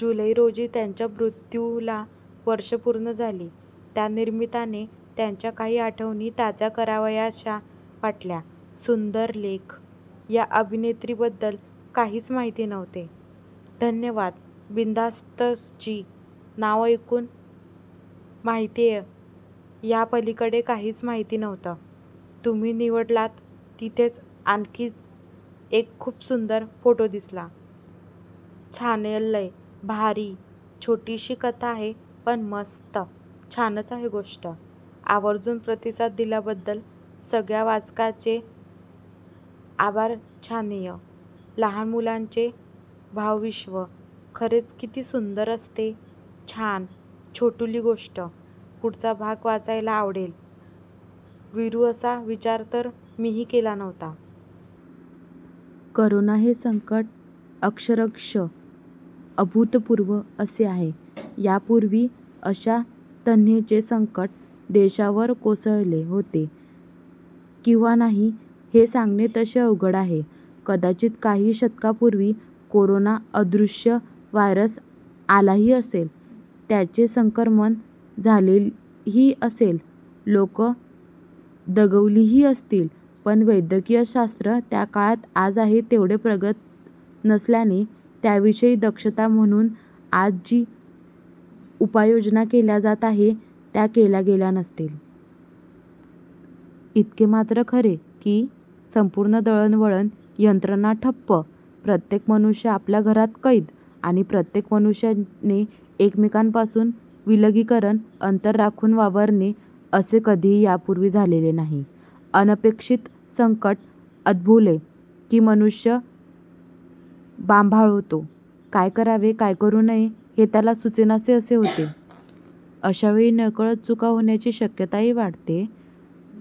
जुलै रोजी त्यांच्या मृत्युला वर्षे पूर्ण झाली. त्या निमित्ताने त्यांच्या कांही आठवणी ताज्या करावायाशा वाटल्या.! सुन्दर लेख! या अभिनेत्रिबद्दल काहिच माहिती नव्हते. धन्यवाद बिनधास्तजी. नाव ऐकून माहितेय ह्यापलिकडे काहीच माहित नव्हतं. तुम्ही निवडलात तिथेच आणखीन एक खूप सुंदर फोटो दिसला. छानेयलय भारी! छोटीशी कथा आहे पण मस्त.. छानच आहे गोष्ट! आवर्जून प्रतिसाद दिल्याबद्दल सगळ्या वाचकांचे आभारछानेय. लहान मुलांचे भावविश्व खरेच किती सुंदर असते! छान छोटुली गोष्ट. पुढचा भाग वाचायला आवडेल. वीरूअसा विचार तर मीहि केला नव्हता. करोना हे संकट अक्षरश: अभूतपूर्व असे आहे. यापूर्वी अशा तऱ्हेचे संकट देशावर कोसळले होते किंवा नाही हे सांगणे तसे अवघड आहे. कदाचित काही शतकांपूर्वी करोना सदृश्य वायरस आलाही असेल, त्याचे संक्रमण झालेही असेल, लोकं दगावलीही असतील पण वैद्यकीय शास्त्र त्या काळात आज आहे तेवढे प्रगत नसल्याने त्याविषयी दक्षता म्हणून आज जी उपाययोजना केल्या जात आहे, त्या केल्या गेल्या नसतील. इतके मात्र खरे की, संपूर्ण दळणवळण यंत्रणा ठप्प, प्रत्येक मनुष्य आपापल्या घरात कैद आणि प्रत्येक मनुष्याने एकमेकापासून विलगीकरण अंतर राखून वावरणे, असे कधीही यापूर्वी झालेले नाही. अनपेक्षित संकट उद्भवले की मनुष्य भांबावतो. काय करावे काय करू नये हे त्याला सुचेनासे असे होते. अशा वेळी नकळत चुका होण्याची शक्यताही वाढते.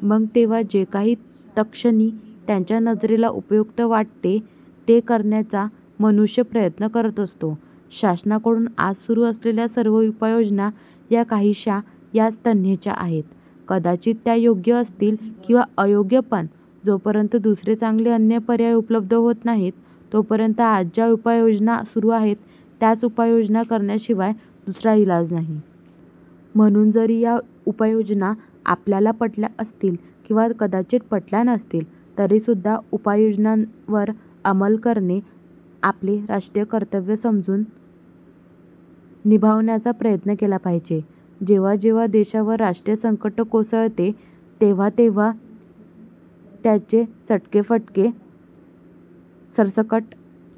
मग तेव्हा जे काही तत्क्षणी त्याच्या नजरेला उपयुक्त वाटते, ते करण्याचा मनुष्य प्रयत्न करत असतो. शासनाकडून आज सुरू असलेल्या सर्व उपयोजना ह्या काहीश्या याच तऱ्हेच्या आहेत. कदाचित त्या योग्य असतील किंवा अयोग्य पण; जोपर्यंत दुसरे चांगले अन्य पर्याय उपलब्ध होत नाहीत तोपर्यंत आज ज्या उपाययोजना सुरू आहेत त्याच उपाययोजना करण्याशिवाय दुसरा इलाज नाही. म्हणून जरी ह्या उपाययोजना आपल्याला पटल्या असतील किंवा कदाचित पटल्या नसतील, तरी सुद्धा या उपाययोजनावर अंमल करणे आपले राष्ट्रीय कर्तव्य समजून निभावण्याचा प्रयत्न केला पाहिजे. जेव्हा जेव्हा देशावर राष्ट्रीय संकट कोसळते तेव्हा तेव्हा तेव्हा त्याचे चटके-फटके सरसकट